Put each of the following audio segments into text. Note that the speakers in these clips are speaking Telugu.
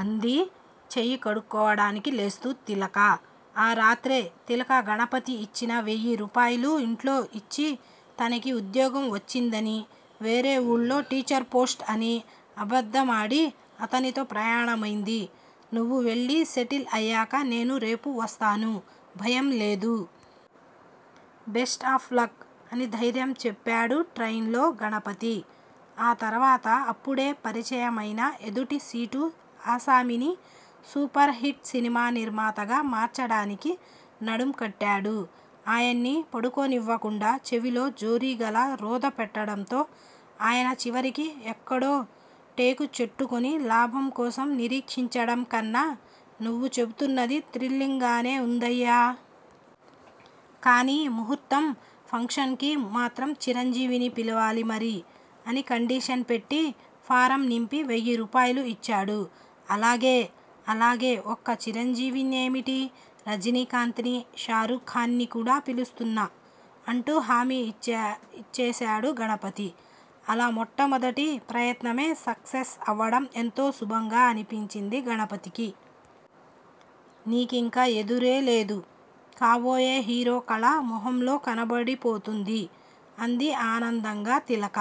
అంది చెయ్యి కడుక్కోవడానికి లేస్తూ తిలక. ఆ రాత్రే తిలక గణపతి ఇచ్చిన వెయ్యి రూపాయలూ ఇంట్లో ఇచ్చి తనకి ఉద్యోగం వచ్చిందనీ, వేరే వూళ్ళో టీచర్ పోస్ట్ అనీ అబద్దమాడి అతనితో ప్రయాణమైంది. నువ్వు వెళ్లి సెటిల్ అయ్యాక నేను రేపు వస్తాను. భయం లేదు. Best of luck! అని ధైర్యం చెప్పాడు ట్రైన్ లో గణపతి. ఆ తర్వాత అప్పుడే పరిచయమైన ఎదుటి సీటు ఆసామిని సూపర్ హిట్ సినిమా నిర్మాతగా మార్చడానికి నడుం కట్టాడు. ఆయన్ని పడుకోనివ్వకుండా చెవిలో జోరీగలా రొద పెట్టడంతో ఆయన చివరికి ఎక్కడో టేకు చెట్టుకొని లాభం కోసం నిరీక్షించడం కన్నా నువ్వు చెపుతున్నది థ్రిల్లింగ్ గానే ఉందయ్యా! కానీ ముహూర్తం ఫంక్షన్ కి మాత్రం చిరంజీవిని పిలవాలి మరి! అని కండీషన్ పెట్టి, ఫారం నింపి వెయ్యి రూపాయలూ ఇచ్చాడు. అలాగే అలాగే ఒక్క చిరంజీవినేమిటీ, రజనీకాంత్ నీ, షారూఖ్ ఖాన్ నీ కూడా పిలుస్తున్నాం! అంటూ హామీ ఇచ్చేశాడు గణపతి. అలా మొట్టమొదటి ప్రయత్నమే సక్సెస్ అవడం ఎంతో శుభంగా అనిపించింది గణపతికి. నీకింక ఎదురే లేదు! కాబోయే హీరో కళ మొహంలో కనపడిపోతోంది! అంది ఆనందంగా తిలక.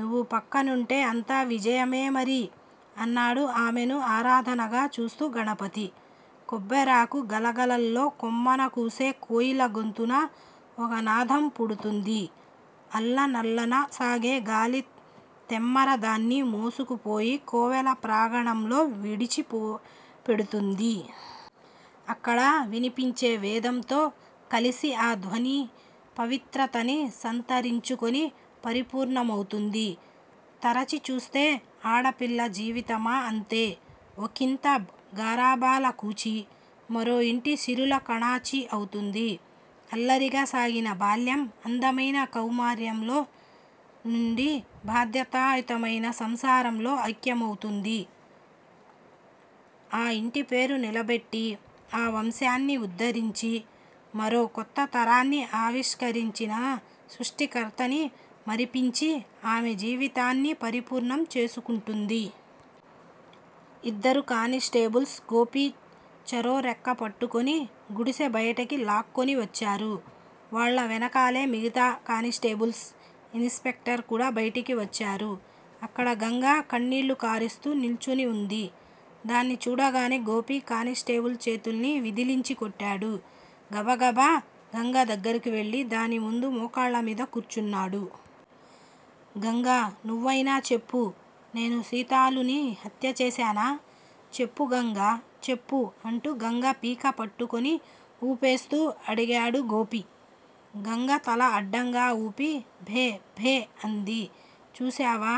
నువ్వు పక్కనుంటే అంతా విజయమే మరి! అన్నాడు ఆమెను ఆరాధనగా చూస్తూ గణపతి. కొబ్బరాకు గలగలల్లో కొమ్మనకూసే కోయిల గొంతున ఒకనాధం పుడుతోంది. అల్లనల్లన సాగే గాలితెమ్మెర దాన్ని మోసుకుపోయి కోవెల ప్రాగణంలో విడిచి పో పెడుతోంది. అక్కడ వినిపించే వేదంతో కలిసి ఆ ధ్వని పవిత్రతని సంతరించుకొని పరిపూర్ణమౌతోంది. తరచి చూస్తే ఆడపిల్ల జీవితమా అంతే. ఒకింత గారాబాల కూచి మరో ఇంటి సిరుల కాణాచి అవుతుంది. అల్లరిగా సాగిన బాల్యం అందమైన కౌమారంలో నుండి బాధ్యతాయుతమైన సంసారంలో ఐక్యమవుతుంది. ఆ ఇంటి పేరు నిలబెట్టి ఆ వంశాన్ని ఉద్ధరించి మరో కొత్త తరాన్ని ఆవిష్కరించిన సృష్టికర్తని మరిపించి ఆమె జీవితాన్ని పరిపూర్ణం చేసుకుంటుంది. ఇద్దరు కానిస్టేబుల్స్ గోపీ చెరో రెక్కా పట్టుకుని గుడిసె బయటకి లాక్కుని వచ్చారు. వాళ్ళ వెనకాలే మిగతా కానిస్టేబుల్స్, ఇన్ స్పెక్టర్ కూడా బయటికి వచ్చారు. అక్కడ గంగ కన్నీళ్ళు కారుస్తూ నిల్చుని ఉంది. దాన్ని చూడగానే గోపి కానిస్టేబుల్స్ చేతుల్ని విదిలించి కొట్టాడు. గబగబా గంగ దగ్గరకి వెళ్ళి దాని ముందు మోకాళ్ళమీద కూర్చన్నాడు. గంగా నువ్వైనా చెప్పు. నేను సీతాలుని హత్య చేశానా? చెప్పు గంగా చెప్పు అంటూ గంగ పీక పట్టుకుని ఊపేస్తూ అడిగాడు గోపి. గంగ తల అడ్డంగా ఊపి భే భే అంది. చూశావా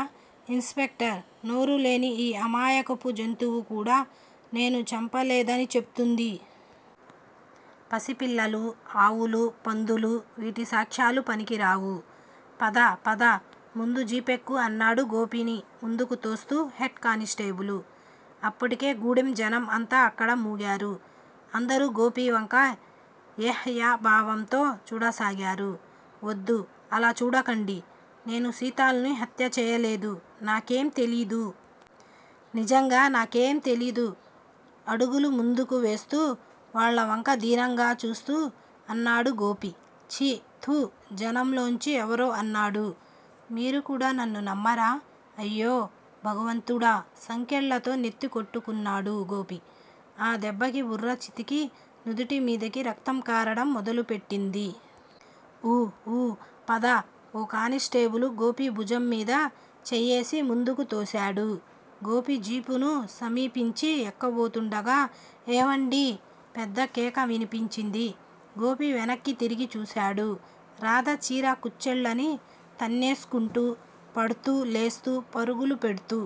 ఇన్ స్పెక్టర్! నోరులేని ఈ అమాయకపు జంతువు కూడా నేను చంపలేదని చెప్తుంది. పసిపిల్లలూ, ఆవులూ, పందులూ, వీటి సాక్ష్యాలు పనికిరావు. పద పద ముందు జీపెక్కు అన్నాడు గోపిని ముందుకు తోస్తూ హెడ్ కానిస్టేబులు. అప్పటికే గూడెంజనం అంతా అక్కడ మూగారు. అందరూ గోపివంక ఏహ్యభావంతో చూడసాగారు. వద్దు. అలా చూడకండి. నేను సీతాలుని హత్య చెయ్యలేదు. నాకేం తెలీదు. నిజంగా నాకేం తెలీదు అడుగులు ముందుకు వేస్తూ వాళ్ళవంక దీనంగా చూస్తూ అన్నాడు గోపి. ఛీ థూ జనంలోంచి ఎవరో అన్నాడు. మీరు కూడా నన్ను నమ్మరా? అయ్యో భగవంతుడా సంకెళ్ళతో నెత్తి కొట్టుకున్నాడు గోపి. ఆ దెబ్బకి బుర్ర చితికి నుదుటిమీదికి రక్తం కారడం మొదలుపెట్టింది. ఊ ఊ పద ఓ కానిస్టేబులు గోపి భుజంమీద చెయ్యేసి ముందుకు తోశాడు. గోపి జీపును సమీపించి ఎక్కబోతూండగా. హేవండీ పెద్ద కేక వినవచ్చింది. గోపీ వెనక్కి తిరిగి చూశాడు. రాధ చీర కుచ్చెళ్లని తన్నేస్కుంటూ, పడ్తూ లేస్తూ పరుగులు పెడ్తూ